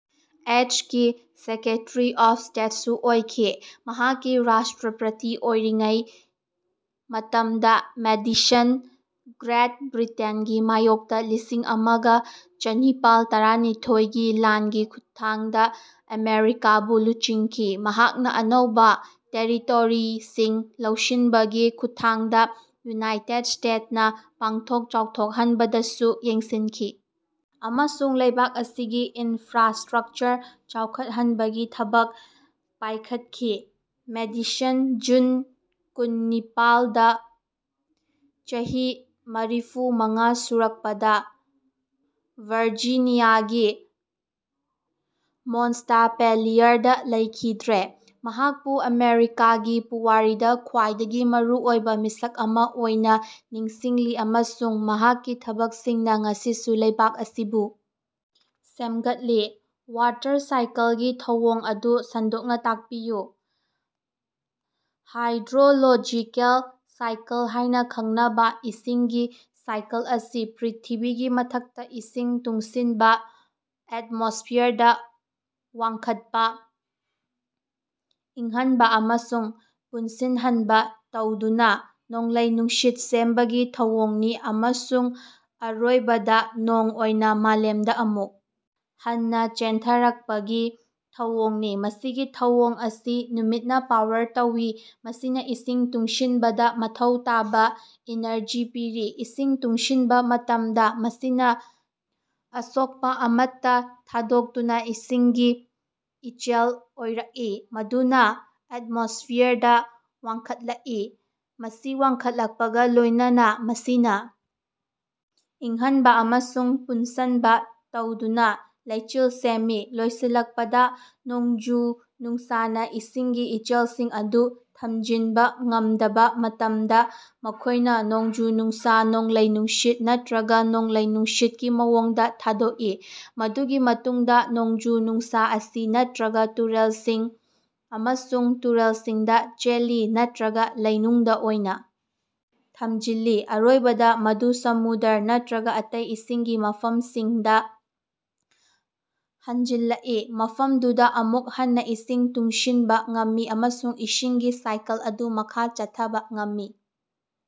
ꯑꯦꯁ ꯀꯤ secretary of ꯁ꯭ꯇꯦꯠꯁꯨ ꯑꯣꯏꯈꯤ꯫ ꯃꯍꯥꯛꯀꯤ ꯔꯥꯁꯇ꯭ꯔꯥꯄꯇꯤ ꯑꯣꯏꯔꯤꯉꯩ ꯃꯇꯝꯗ ꯃꯦꯗꯤꯁꯟꯅ ꯒ꯭ꯔꯦꯠ ꯕ꯭ꯔꯤꯇꯦꯟꯒꯤ ꯃꯥꯌꯣꯛꯇ ꯂꯤꯁꯤꯡ ꯑꯃꯒ ꯆꯅꯤꯄꯥꯜ ꯇꯔꯥꯅꯤꯊꯣꯏꯒꯤ ꯂꯥꯟꯒꯤ ꯈꯨꯠꯊꯥꯡꯗ ꯑꯃꯦꯔꯤꯀꯥꯕꯨ ꯂꯨꯆꯤꯡꯈꯤ꯫ ꯃꯍꯥꯛꯅ ꯑꯅꯧꯕ ꯇꯦꯔꯤꯇꯣꯔꯤꯁꯤꯡ ꯂꯧꯁꯤꯟꯕꯒꯤ ꯈꯨꯠꯊꯥꯡꯗ ꯌꯨꯅꯥꯏꯇꯦꯗ ꯁ꯭ꯇꯦꯗ ꯅꯥ ꯄꯥꯛꯊꯣꯛ ꯆꯥꯎꯊꯣꯛꯍꯟꯕꯗꯁꯨ ꯌꯦꯡꯁꯤꯟꯈꯤ ꯑꯃꯁꯨꯡ ꯂꯩꯕꯥꯛ ꯑꯁꯤꯒꯤ ꯏꯟꯐ꯭ꯔꯥꯁꯇ꯭ꯔꯛꯆꯔ ꯆꯥꯎꯈꯠꯍꯟꯕꯒꯤ ꯊꯕꯛ ꯄꯥꯢꯈꯠꯈꯤ꯫ ꯃꯦꯗꯤꯁꯟ ꯖꯨꯟ ꯀꯨꯟꯅꯤꯄꯥꯜ ꯇꯥ ꯆꯍꯤ ꯃꯔꯤꯐꯨ ꯃꯉꯥ ꯁꯨꯔꯛꯄꯗ ꯚꯥꯔꯖꯤꯅꯤꯌꯥꯒꯤ ꯃꯣꯟꯇꯄꯦꯂꯤꯌꯔꯗ ꯂꯩꯈꯤꯗ꯭ꯔꯦ꯫ ꯃꯍꯥꯛꯄꯨ ꯑꯃꯦꯔꯤꯀꯥꯒꯤ ꯄꯨꯋꯥꯔꯤꯗ ꯈ꯭ꯋꯥꯏꯗꯒꯤ ꯃꯔꯨꯑꯣꯏꯕ ꯃꯤꯁꯛ ꯑꯃ ꯑꯣꯏꯅ ꯅꯤꯡꯁꯤꯡꯂꯤ ꯑꯃꯁꯨꯡ ꯃꯍꯥꯛꯀꯤ ꯊꯕꯛꯁꯤꯡꯅ ꯉꯁꯤꯁꯨ ꯂꯩꯕꯥꯛ ꯑꯁꯤꯕꯨ ꯁꯦꯝꯒꯠꯂꯤ꯫ ꯋꯥꯇꯔ ꯁꯥꯏꯀꯜꯒꯤ ꯊꯧꯑꯣꯡ ꯑꯗꯨ ꯁꯟꯗꯣꯛꯅ ꯇꯥꯛꯄꯤꯌꯨ꯫ ꯍꯥꯏꯗ꯭ꯔꯣꯂꯣꯖꯤꯀꯦꯜ ꯁꯥꯏꯀꯜ ꯍꯥꯢꯅ ꯈꯪꯅꯕ ꯏꯁꯤꯡꯒꯤ ꯁꯥꯏꯀꯜ ꯑꯁꯤ ꯄ꯭ꯔꯤꯊꯤꯕꯤꯒꯤ ꯃꯊꯛꯇ ꯏꯁꯤꯡ ꯇꯨꯡꯁꯤꯟꯕ ꯑꯦꯠꯃꯣꯁꯐꯤꯌꯔꯗ ꯋꯥꯡꯈꯠꯄ, ꯏꯪꯍꯟꯕ ꯑꯃꯁꯨꯡ ꯄꯨꯟꯁꯤꯟꯍꯟꯕ ꯇꯧꯗꯨꯅ ꯅꯣꯡꯂꯩ-ꯅꯨꯡꯁꯤꯠ ꯁꯦꯝꯕꯒꯤ ꯊꯧꯑꯣꯡꯅꯤ ꯑꯃꯁꯨꯡ ꯑꯔꯣꯏꯕꯗ ꯅꯣꯡ ꯑꯣꯏꯅ ꯃꯥꯂꯦꯝꯗ ꯑꯃꯨꯛ ꯍꯟꯅ ꯆꯦꯟꯊꯔꯛꯄꯒꯤ ꯊꯧꯑꯣꯡꯅꯤ꯫ ꯃꯁꯤꯒꯤ ꯊꯧꯑꯣꯡ ꯑꯁꯤ ꯅꯨꯃꯤꯠꯅ ꯄꯥꯋꯔ ꯇꯧꯏ ꯃꯁꯤꯅ ꯏꯁꯤꯡ ꯇꯨꯡꯁꯤꯟꯕꯗ ꯃꯊꯧ ꯇꯥꯕ ꯏꯅꯔꯖꯤ ꯄꯤꯔꯤ꯫ ꯏꯁꯤꯡ ꯇꯨꯡꯁꯤꯟꯕ ꯃꯇꯝꯗ ꯃꯁꯤꯅ ꯑꯁꯣꯛꯄ ꯑꯃꯠꯇ ꯊꯥꯗꯣꯛꯇꯨꯅ ꯏꯁꯤꯡꯒꯤ ꯏꯆꯦꯜ ꯑꯣꯏꯔꯛꯏ ꯃꯗꯨꯅ ꯑꯦꯠꯃꯣꯁꯐꯤꯌꯔꯗ ꯋꯥꯡꯈꯠꯂꯛꯏ꯫ ꯃꯁꯤ ꯋꯥꯡꯈꯠꯂꯛꯄꯒ ꯂꯣꯢꯅꯅꯥ ꯃꯁꯤꯅ ꯏꯪꯍꯟꯕ ꯑꯃꯁꯨꯡ ꯄꯨꯟꯁꯟꯕ ꯇꯧꯗꯨꯅꯥ ꯂꯩꯆꯤꯜ ꯁꯦꯝꯃꯤ꯫ ꯂꯣꯏꯁꯤꯜꯂꯛꯄꯗ ꯅꯣꯡꯖꯨ-ꯅꯨꯡꯁꯥꯅ ꯏꯁꯤꯡꯒꯤ ꯏꯆꯦꯜꯁꯤꯡ ꯑꯗꯨ ꯊꯝꯖꯤꯟꯕ ꯉꯝꯗꯕ ꯃꯇꯝꯗ ꯃꯈꯣꯢꯅ ꯅꯣꯡꯖꯨ-ꯅꯨꯡꯁꯥ, ꯅꯣꯡꯂꯩ-ꯅꯨꯡꯁꯤꯠ ꯅꯠꯇ꯭ꯔꯒ ꯅꯣꯡꯂꯩ-ꯅꯨꯡꯁꯤꯠꯀꯤ ꯃꯑꯣꯡꯗ ꯊꯥꯗꯣꯛꯏ꯫ ꯃꯗꯨꯒꯤ ꯃꯇꯨꯡꯗ ꯅꯣꯡꯖꯨ-ꯅꯨꯡꯁꯥ ꯑꯁꯤ ꯅꯠꯇ꯭ꯔꯒ ꯇꯨꯔꯦꯜꯁꯤꯡ ꯑꯃꯁꯨꯡ ꯇꯨꯔꯦꯜꯁꯤꯡꯗ ꯆꯦꯜꯂꯤ ꯅꯠꯇ꯭ꯔꯒ ꯂꯩꯅꯨꯡꯗ ꯑꯣꯏꯅ ꯊꯝꯖꯤꯜꯂꯤ ꯑꯔꯣꯏꯕꯗ ꯃꯗꯨ ꯁꯃꯨꯗ꯭ꯔ ꯅꯠꯇ꯭ꯔꯒ ꯑꯇꯩ ꯏꯁꯤꯡꯒꯤ ꯃꯐꯝꯁꯤꯡꯗ ꯍꯟꯖꯤꯜꯂꯛꯏ ꯃꯐꯝꯗꯨꯗ ꯑꯃꯨꯛ ꯍꯟꯅ ꯏꯁꯤꯡ ꯇꯨꯡꯁꯤꯟꯕ ꯉꯝꯃꯤ ꯑꯃꯁꯨꯡ ꯏꯁꯤꯡꯒꯤ ꯁꯥꯏꯀꯜ ꯑꯗꯨ ꯃꯈꯥ ꯆꯠꯊꯕ ꯉꯝꯃꯤ꯫